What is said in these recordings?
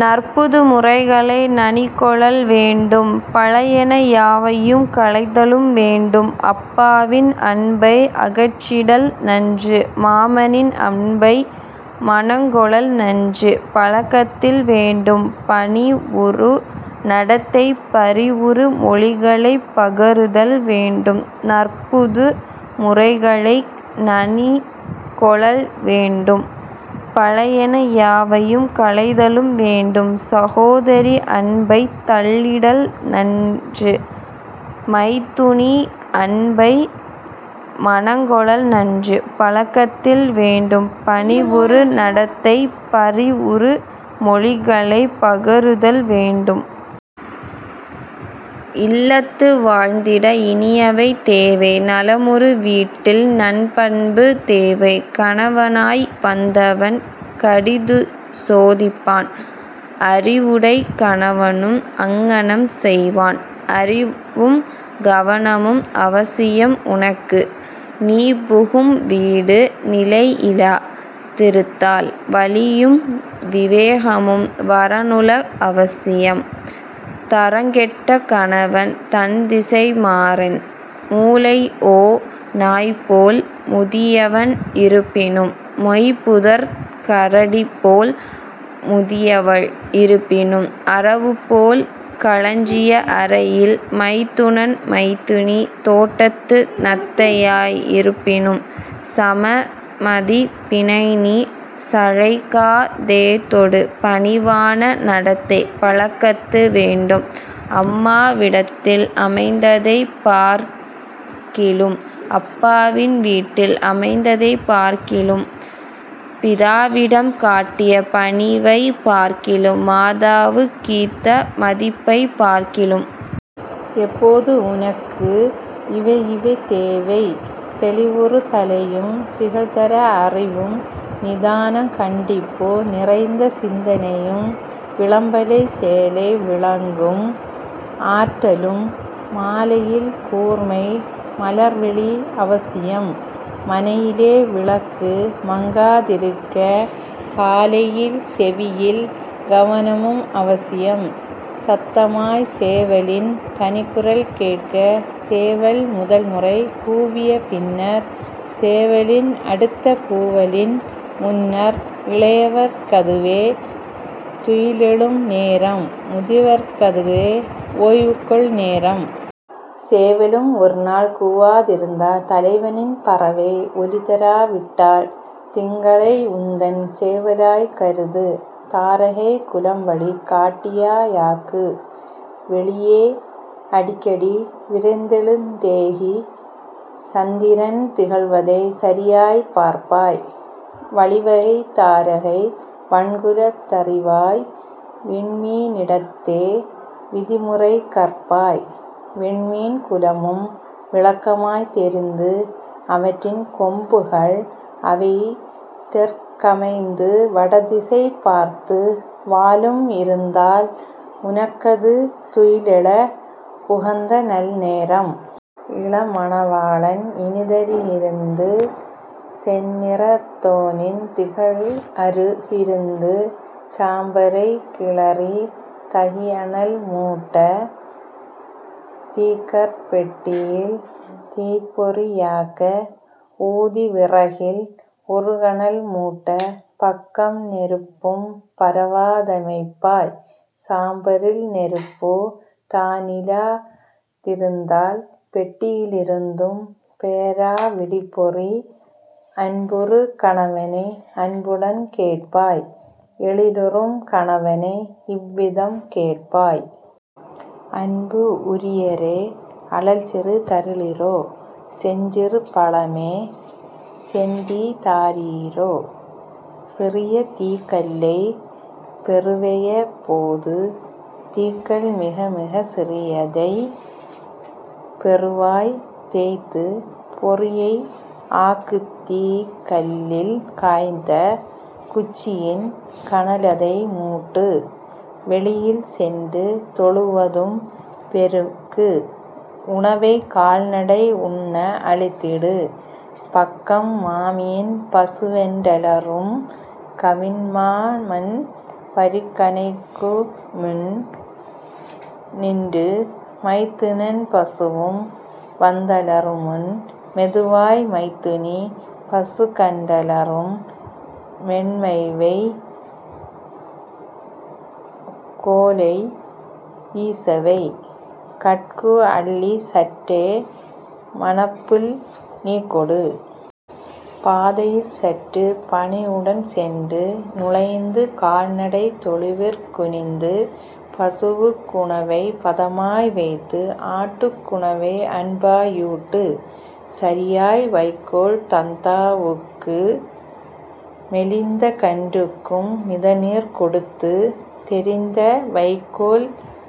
நற்புது முறைகளை நனிகொளல் வேண்டும் பழையன யாவையும் களைதலும் வேண்டும் அப்பாவின் அன்பை அகற்றிடல் நன்று மாமனின் அன்பை மனங்கொளல் நன்று பழக்கத்தில் வேண்டும் பணிவுறு நடத்தை பரிவுறு மொழிகளைப் பகருதல் வேண்டும். நற்புது முறைகளை நனிகொளல் வேண்டும் பழையன யாவையும் களைதலும் வேண்டும் சகோதரி அன்பைத் தள்ளிடல் நன்று மைத்துனி அன்பை மனங்கொளல் நன்று பழக்கத்தில் வேண்டும் பணிவுறு நடத்தை பரிவுறு மொழிகளைப் பகருதல் வேண்டும். இல்லத்து வாழ்ந்திட இனியவை தேவை நலமுறு வீட்டில் நன்பண்பு தேவை கணவனாய் வந்தவன் கடிதுசோ திப்பான் அறிவுடைக் கணவனும் அங்ஙனம் செய்வான். அறிவும் கவனமும் அவசியம் உனக்கு நீபுகும் வீடு நிலையிலா திருந்தால் வலியும் விவேகமும் வரனுலக் அவசியம் தரங்கெட்ட கணவன் தன்திசை மாறின். மூலைஓ நாய்போல் முதியவன் இருப்பினும் மொய்புதர்க் கரடிபோல் முதியவள் இருப்பினும் அரவுபோல் களஞ்சிய அறையில் மைத்துனன் மைத்துனி தோட்டத்து நத்தையா யிருப்பினும் சமமதிப் பினைநீ சளைக்கா தேகொடு பணிவான நடத்தை பழக்கத்து வேண்டும் அம்மா விடத்தில் அமைந்ததைப் பார்க்கிலும் அப்பாவின் வீட்டில் அமைந்ததைப் பார்க்கிலும் பிதாவிடம் காட்டிய பணிவைப் பார்க்கிலும் மாதாவுக் கீந்த மதிப்பைப் பார்க்கிலும். எப்போது உனக்கு இவையிவை தேவை தெளிவுறு தலையும் திகழ்தர அறிவும் நிதானம் கண்டிப்பு நிறைந்தசிந் தனையும் விளம்பலைச் செயலை விளங்கும் ஆற்றலும். மாலையில் கூர்மை மலர்விழிக் அவசியம் மனையிலே விளக்கு மங்கா திருக்க காலையில் செவியில் கவனமும் அவசியம் சத்தமாய்ச் சேவலின் தனிக்குரல் கேட்க. சேவல் முதல்முறை கூவிய பின்னர் சேவலின் அடுத்த கூவலின் முன்னர் இளையவர்க் கதுவே துயிலெழும் நேரம் முதியவர்க் கதுவே ஓய்வுகொள் நேரம். சேவலும் ஒருநாள் கூவா திருந்தால் தலைவனின் பறவை ஒலிதரா விட்டால் திங்களை உந்தன் சேவலாய்க் கருது தாரகைக் குலம்வழி காட்டியா யாக்கு. வெளியே அடிக்கடி விரைந்தெழுந் தேகி சந்திரன் திகழ்வதைச் சரியாய்ப் பார்ப்பாய் வழிவகை தாரகை வண்குலத் தறிவாய் விண்மீ னிடத்தே விதிமுறை கற்பாய். விண்மீன் குலமும் விளக்கமாய்த் தெரிந்து அவற்றின் கொம்புகள் அவைதெற் கமைந்து வடதிசை பார்த்து வாலும் இருந்தால் உனக்கது துயிலெழ உகந்தநல் நேரம். இளமண வாளன் இனிதரு கிருந்து செந்நிறத் தோனின் திகழ்அரு கிருந்து சாம்பரைக் கிளறித் தகிஅனல் மூட்ட தீக்கற் பெட்டியில் தீப்பொறி யாக்க ஊதி விறகில் உறுகனல் மூட்ட பக்கம் நெருப்பும் பரவா தமைப்பாய். சாம்பரில் நெருப்புத் தானிலா திருந்தால் பெட்டியி லிருந்தும் பெயரா விடிற்பொறி அன்புறு கணவனை அன்புடன் கேட்பாய் எழிலுறும் கணவனை இவ்விதம் கேட்பாய். அன்புக் உரியரே அழல்சிறி தருளிரோ செஞ்சிறு பழமே செந்தீ தாரிரோ. சிறியதீக் கல்லைப் பெறுவையப் போது தீக்கல் மிகமிகச் சிறியதைப் பெறுவாய் தேய்த்துப் பொறியை ஆக்குதீக் கல்லில் காய்ந்த குச்சியில் கனலதை மூட்டு. வெளியில் சென்று தொழுவதும் பெருக்கு உணவைக் கால்நடை உண்ண அளித்திடு. பக்கம் மாமியின் பசுவொன் றலறும் கவின்மா மன்பரி கனைக்குமுன் னின்று மைத்துனன் பசுவும் வந்த லறும்முன் மெதுவாய் மைத்துனி பசுக்கன் றலறும் மென்மைவைக் கோலை வீசவை கட்கு அள்ளிச் சற்றே மணப்புல் நீகொடு. பாதையில் சற்றுப் பணிவுடன் சென்று நுழைந்து கால்நடைத் தொழுவிற் குனிந்து பசுவுக் உணவைப் பதமாய் வைத்து ஆட்டுக் குணவை அன்பா யூட்டு. சரியாய் வைக்கோல் தந்தா வுக்கு மெலிந்தகன் றுக்கும் மிதநீர் கொடுத்து தெரிந்த வைக்கோல்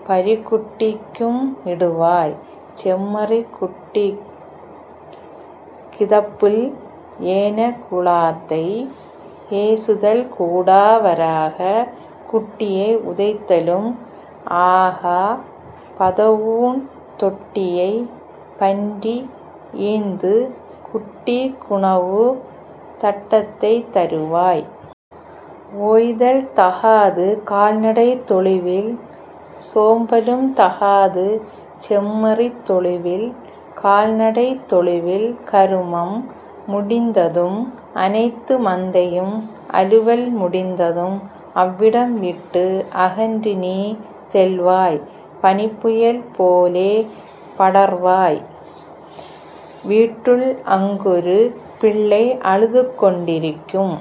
பரிக்குட் டிக்கும் இடுவாய் செம்மறிக் குட்டிக் கிதப்புல். ஏனக் குழாத்தை ஏசுதல் கூடா வராகக் குட்டியை உதைத்தலும் ஆகா பதவூண் தொட்டியைப் பன்றிக் ஈந்து குட்டிக் குணவுத் தட்டத்தைத் தருவாய். ஓய்தல் தகாது கால்நடைத் தொழுவில் சோம்பலும் தகாது செம்மறித் தொழுவில் கால்நடைத் தொழுவில் கருமம் முடிந்ததும் அனைத்து மந்தையின் அலுவல் முடிந்ததும் அவ்விடம் விட்டு அகன்றுநீ செல்வாய் பனிப்புயல் போலே படர்வாய் வீட்டுள் அங்கொரு பிள்ளை அழுதுகொண் டிருக்கும்.